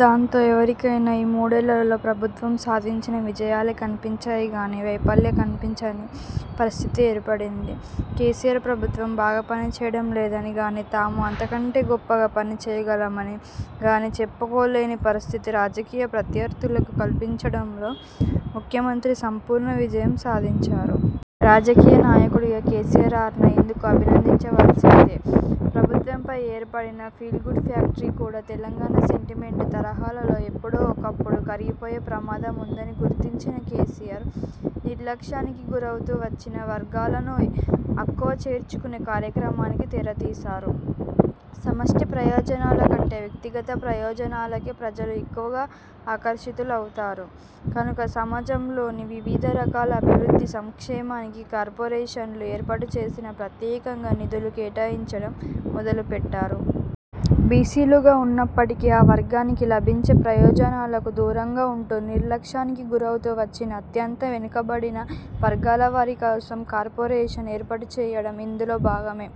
దాంతో ఎవరికైనా ఈ మూడేళ్లలో ప్రభుత్వం సాధించిన విజయాలే కనిపించాయి గానీ వైఫల్యాలు కనిపించని పరిస్థితి ఏర్పడింది. కేసీఆర్ ప్రభుత్వం బాగా పనిచేయడం లేదని గానీ, తాము అంతకంటే గొప్పగా పని చేయగలమని గానీ చెప్పుకోలేని పరిస్థితి రాజకీయ ప్రత్యర్థులకు కల్పించడంలో ముఖ్యమంత్రి సంపూర్ణ విజయం సాధించారు. రాజకీయ నాయకుడిగా కేసీఆర్ను ఇందుకు అభినందించవలసిందే! ప్రభుత్వంపై ఏర్పడిన ఫీల్ గుడ్ ఫ్యాక్టర్ కూడా తెలంగాణ సెంటిమెంట్ తరహాలో ఎప్పుడో ఒకప్పుడు కరిగిపోయే ప్రమాదం ఉందని గుర్తించిన కేసీఆర్, నిర్లక్ష్యానికి గురవుతూ వచ్చిన వర్గాలను అక్కున చేర్చుకునే కార్యక్రమానికి తెర తీశారు. సమష్టి ప్రయోజనాల కంటే వ్యక్తిగత ప్రయోజనాలకే ప్రజలు ఎక్కువగా ఆకర్షితులు అవుతారు కనుక సమాజంలోని వివిధ వర్గాల అభివృద్ధికి, సంక్షేమానికి కార్పొరేషన్లు ఏర్పాటు చేసి ప్రత్యేకంగా నిధులు కేటాయించడం మొదలుపెట్టారు. బీసీలుగా ఉన్నప్పటికీ ఆ వర్గానికి లభించే ప్రయోజనాలకు దూరంగా ఉంటూ నిర్లక్ష్యానికి గురవుతూ వచ్చిన అత్యంత వెనుకబడిన వర్గాలవారి కోసం కార్పొరేషన్ ఏర్పాటుచేయడం ఇందులో భాగమే!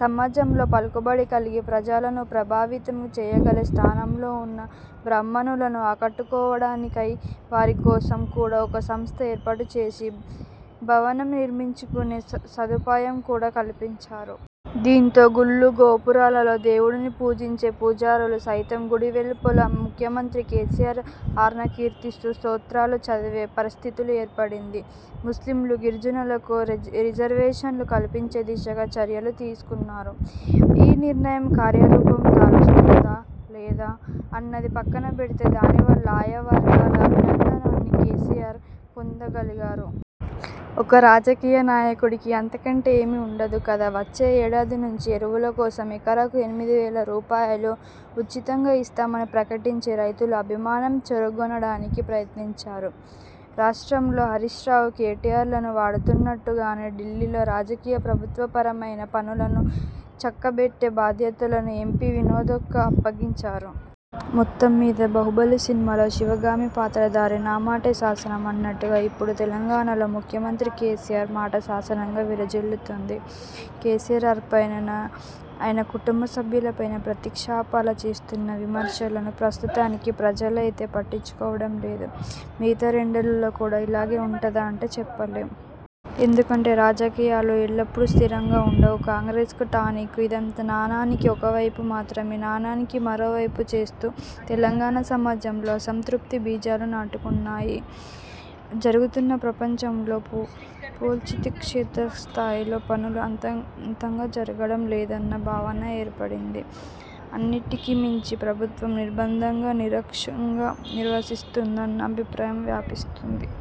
సమాజంలో పలుకుబడి కలిగి ప్రజలను ప్రభావితం చేయగల స్థానంలో ఉన్న బ్రాహ్మణులను ఆకట్టుకోవడానికై వారి కోసం కూడా ఒక సంస్థను ఏర్పాటుచేసి, భవనం నిర్మించుకునే సదుపాయం కూడా కల్పించారు. దీంతో గుళ్లు- గోపురాలలో దేవుడిని పూజించే పూజారులు సైతం గుడి వెలుపల ముఖ్యమంత్రి కేసీఆర్ను కీర్తిస్తూ స్తోత్రాలు చదివే పరిస్థితి ఏర్పడింది. ముస్లింలు, గిరిజనులకు రిజర్వేషన్లు కల్పించే దిశగా చర్యలు తీసుకున్నారు. ఈ నిర్ణయం కార్యరూపం దాలుస్తుందా? లేదా? అన్నది పక్కనపెడితే దానివల్ల ఆయా వర్గాల అభిమానాన్ని కేసీఆర్ పొందగలిగారు. ఒక రాజకీయ నాయకుడికి అంతకంటే ఏమీ ఉండదు కదా! వచ్చే ఏడాది నుంచి ఎరువుల కోసం ఎకరాకు ఎనిమిది వేల రూపాయలు ఉచితంగా ఇస్తామని ప్రకటించి రైతుల అభిమానం చూరగొనడానికి ప్రయత్నించారు. రాష్ట్రంలో హరీశ్రావు, కేటీఆర్లను వాడుతున్నట్టుగానే ఢిల్లీలో రాజకీయ, ప్రభుత్వపరమైన పనులను చక్కబెట్టే బాధ్యతలను ఎంపీ వినోద్కు అప్పగించారు. మొత్తంమీద బాహుబలి సినిమాలో శివగామి పాత్రధారి 'నా మాటే శాసనం' అన్నట్టుగా ఇప్పుడు తెలంగాణలో ముఖ్యమంత్రి కేసీఆర్ మాటే శాసనంగా విరాజిల్లుతోంది. కేసీఆర్పైన ఆయన కుటుంబసభ్యులపైన ప్రతిపక్షాలు చేస్తున్న విమర్శలను ప్రస్తుతానికి ప్రజలైతే పట్టించుకోవడం లేదు. మిగతా రెండేళ్లు కూడా ఇలాగే ఉంటుందా? అంటే చెప్పలేం! ఎందుకంటే రాజకీయాలు ఎప్పుడూ స్థిరంగా ఉండవు. కాంగ్రెస్కు టానిక్! ఇదంతా నాణానికి ఒకవైపు మాత్రమే! నాణానికి మరోవైపు చూస్తే తెలంగాణ సమాజంలో అసంతృప్తి బీజాలు నాటుకుంటున్నాయి. జరుగుతున్న ప్రచారంతో పోల్చితే క్షేత్ర స్థాయిలో పనులు అంతగా జరగడం లేదన్న భావన ఏర్పడింది. అన్నింటికీ మించి ప్రభుత్వం నిర్బంధంగా, నిరంకుశంగా వ్యహరిస్తున్నదన్న అభిప్రాయం వ్యాపిస్తోంది.